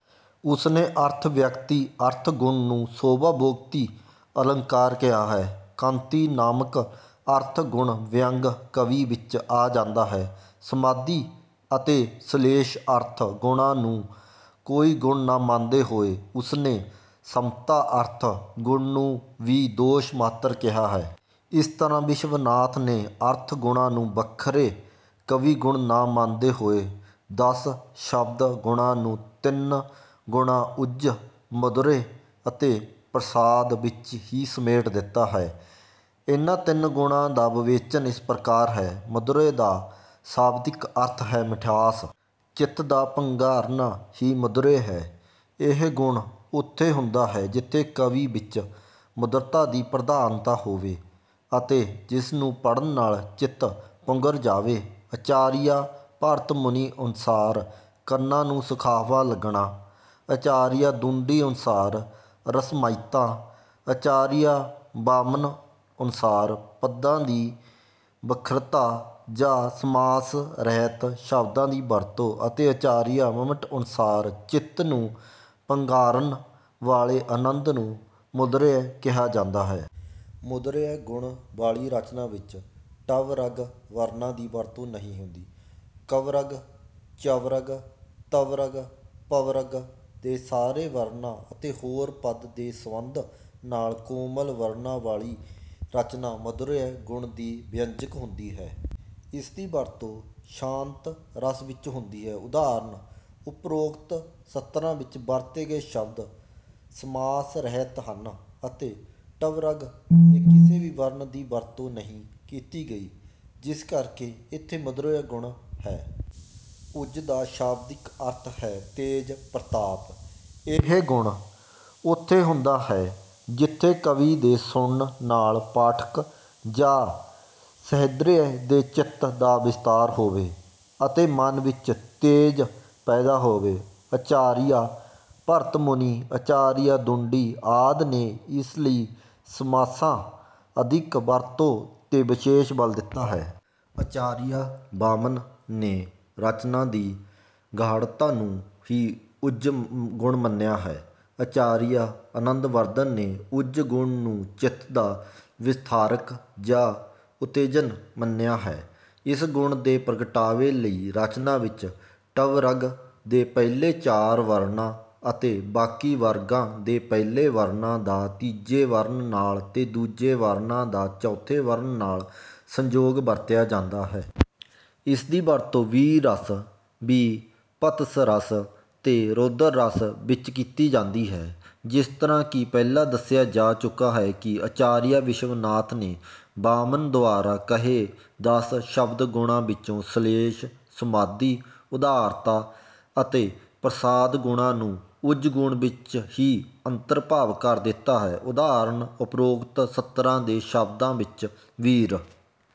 ਉਸਨੇ ਅਰਥ-ਵਿਅਕਤੀ ਅਰਥ ਗੁਣ ਨੂੰ ਸੁਭਾਵੋਕਤੀ ਅਲੰਕਾਰ ਕਿਹਾ ਹੈ। ਕਾਂਤੀ ਨਾਮਕ ਅਰਥ ਗੁਣ ਵਿਅੰਗ ਕਾਵਿ ਵਿੱਚ ਆ ਜਾਂਦਾ ਹੈ। ਸਮਾਧੀ ਅਤੇ ਸ਼ਲੇਸ਼ ਅਰਥ ਗੁਣਾਂ ਨੂੰ ਕੋਈ ਗੁਣ ਨਾ ਮੰਨਦੇ ਹੋਏ ਉਸਨੇ ਸਮਤਾ ਅਰਥ ਗੁਣ ਨੂੰ ਵੀ ਦੋਸ਼ ਮਾਤ੍ਰ ਕਿਹਾ ਹੈ। ਇਸ ਤਰ੍ਹਾਂ ਵਿਸ਼ਵਨਾਥ ਨੇ ਅਰਥ ਗੁਣਾਂ ਨੂੰ ਵੱਖਰੇ ਕਾਵਿ-ਗੁਣ ਨਾ ਮੰਨਦੇ ਹੋਏ ਦਸ ਸ਼ਬਦ ਗੁਣਾਂ ਨੂੰ ਤਿੰਨ ਗੁਣਾਂ- ਓਜ, ਮਾਧੁਰਯ ਅਤੇ ਪ੍ਰਸਾਦ ਵਿੱਚ ਹੀ ਸਮੇਟ ਦਿੱਤਾ ਹੈ। ਇਨ੍ਹਾਂ ਤਿੰਨਾਂ ਗੁਣਾਂ ਦਾ ਵਿਵੇਚਨ ਇਸ ਪ੍ਰਕਾਰ ਹੈ- ਮਾਧੁਰਯ ਦਾ ਸ਼ਾਬਦਿਕ ਅਰਥ ਹੈ ਮਿਠਾਸ। ਚਿੱਤ ਦਾ ਪੰਘਰਨਾ ਹੀ ਮਾਧੁਰਯ ਹੈ। ਇਹ ਗੁਣ ਉਥੇ ਹੁੰਦਾ ਹੈ ਜਿਥੇ ਕਾਵਿ ਵਿੱਚ ਮਧੁਰਤਾ ਦੀ ਪ੍ਰਧਾਨਤਾ ਹੋਵੇ ਅਤੇ ਜਿਸ ਨੂੰ ਪੜ੍ਹਨ ਨਾਲ ਚਿੱਤ ਪੰਘਰ ਜਾਏ। ਆਚਾਰੀਆ ਭਰਤ ਮੁਨੀ ਅਨੁਸਾਰ ਕੰਨਾਂ ਨੂੰ ਸੁਖਾਵਾਂ ਲਗਣਾ, ਆਚਾਰੀਆ ਦੰਡੀ ਅਨੁਸਾਰ ਰਸਮਇਤਾ, ਆਚਾਰੀਆ ਵਾਮਨ ਅਨੁਸਾਰ ਪਦਾਂ ਦੀ ਵਖਰਤਾ ਜਾਂ ਸਮਾਸ ਰਹਿਤ ਸ਼ਬਦਾਂ ਦੀ ਵਰਤੋਂ ਅਤੇ ਆਚਾਰੀਆ ਮੰਮਟ ਅਨੁਸਾਰ ਚਿੱਤ ਨੂੰ ਪੰਘਾਰਨ ਵਾਲੇ ਆਨੰਦ ਨੂੰ ਮਾਧੁਰਯ ਕਿਹਾ ਜਾਂਦਾ ਹੈ। ਮਾਧੁਰਯ ਗੁਣ ਵਾਲੀ ਰਚਨਾ ਵਿੱਚ ਟਵਰਗ ਵਰਣਾਂ ਦੀ ਵਰਤੋਂ ਨਹੀਂ ਹੁੰਦੀ। ਕਵਰਗ, ਚਵਰਗ, ਤਵਰਗ, ਪਵਰਗ ਦੇ ਸਾਰੇ ਵਰਣਾਂ ਅਤੇ ਹੋਰ ਪਦ ਦੇ ਸੰਬੰਧ ਨਾਲ ਕੋਮਲ ਵਰਣਾਂ ਵਾਲੀ ਰਚਨਾ ਮਾਧੁਰਯ ਗੁਣ ਦੀ ਵਿਅੰਜਕ ਹੁੰਦੀ ਹੈ। ਇਸ ਦੀ ਵਰਤੋਂ ਸ਼ਾਂਤ ਰਸ ਵਿੱਚ ਹੁੰਦੀ ਹੈ। ਉਦਾਹਰਣ- ਓਪਰੋਕਤ ਸਤਰਾਂ ਵਿੱਚ ਵਰਤੇ ਗਏ ਸ਼ਬਦ ਸਮਾਸ ਰਹਿਤ ਹਨ ਅਤੇ ਟਵਰਗ ਦੇ ਕਿਸੇ ਵੀ ਵਰਣ ਦੀ ਵਰਤੋਂ ਨਹੀਂ ਕੀਤੀ ਗਈ, ਜਿਸ ਕਰਕੇ ਇਥੇ ਮਾਧੁਰਯ ਗੁਣ ਹੈ। ਓਜ ਦਾ ਸ਼ਾਬਦਿਕ ਅਰਥ ਹੈ ਤੇਜ, ਪ੍ਰਤਾਪ। ਇਹ ਗੁਣ ਉਥੇ ਹੁੰਦਾ ਹੈ ਜਿਥੇ ਕਾਵਿ ਦੇ ਸੁਣਨ ਨਾਲ ਪਾਠਕ ਜਾਂ ਸਹ੍ਰਿਦਯ ਦੇ ਚਿੱਤ ਦਾ ਵਿਸਤਾਰ ਹੋਵੇ ਅਤੇ ਮਨ ਵਿੱਚ ਤੇਜ ਪੈਦਾ ਹੋਵੇ। ਆਚਾਰੀਆ ਭਰਤ ਮੁਨੀ, ਆਚਾਰੀਆ ਦੰਡੀ ਆਦਿ ਨੇ ਇਸ ਲਈ ਸਮਾਸਾਂ ਅਧਿਕ ਵਰਤੋਂ 'ਤੇ ਵਿਸ਼ੇਸ਼ ਬਲ ਦਿੱਤਾ ਹੈ। ਆਚਾਰੀਆ ਵਾਮਨ ਨੇ ਰਚਨਾ ਦੀ ਗਾੜ੍ਹਤਾ ਨੂੰ ਹੀ ਓਜ ਗੁਣ ਮੰਨਿਆ ਹੈ। ਆਚਾਰੀਆ ਆਨੰਦਵਰਧਨ ਨੇ ਓਜ ਗੁਣ ਨੂੰ ਚਿੱਤ ਦਾ ਵਿਸਥਾਰਕ ਜਾਂ ਉਤੇਜਕ ਮੰਨਿਆ ਹੈ। ਇਸ ਗੁਣ ਦੇ ਪ੍ਰਗਟਾਵੇ ਲਈ ਰਚਨਾ ਵਿੱਚ ਟਵਰਗ ਦੇ ਪਹਿਲੇ ਚਾਰ ਵਰਣਾਂ ਅਤੇ ਬਾਕੀ ਵਰਗਾਂ ਦੇ ਪਹਿਲੇ ਵਰਣਾਂ ਦਾ ਤੀਜੇ ਵਰਣ ਨਾਲ ਤੇ ਦੂਜੇ ਵਰਣਾਂ ਦਾ ਚੌਥੇ ਵਰਣ ਨਾਲ ਸੰਯੋਗ ਵਰਤਿਆ ਜਾਂਦਾ ਹੈ। ਇਸ ਦੀ ਵਰਤੋਂ ਵੀਰ ਰਸ, ਬੀਭਤਸ ਰਸ ਅਤੇ ਰੌਦਰ ਰਸ ਵਿੱਚ ਕੀਤੀ ਜਾਂਦੀ ਹੈ। ਜਿਸ ਤਰ੍ਹਾਂ ਕਿ ਪਹਿਲਾਂ ਦੱਸਿਆ ਜਾ ਚੁੱਕਾ ਹੈ ਕਿ ਆਚਾਰੀਆ ਵਿਸ਼ਵਨਾਥ ਨੇ ਵਾਮਨ ਦੁਆਰਾ ਕਹੇ ਦਸ ਸ਼ਬਦ ਗੁਣਾਂ ਵਿੱਚੋਂ- ਸ਼ਲੇਸ਼, ਸਮਾਧੀ, ਉਦਾਰਤਾ ਅਤੇ ਪ੍ਰਸਾਦ ਗੁਣਾਂ ਨੂੰ ਓਜ ਗੁਣ ਵਿੱਚ ਹੀ ਅੰਤਰਭਾਵ ਕਰ ਦਿੱਤਾ ਹੈ। ਉਦਾਹਰਣ- ਓਪਰੋਕਤ ਸਤਰਾਂ ਦੇ ਸ਼ਬਦਾਂ ਵਿੱਚ ਵੀਰ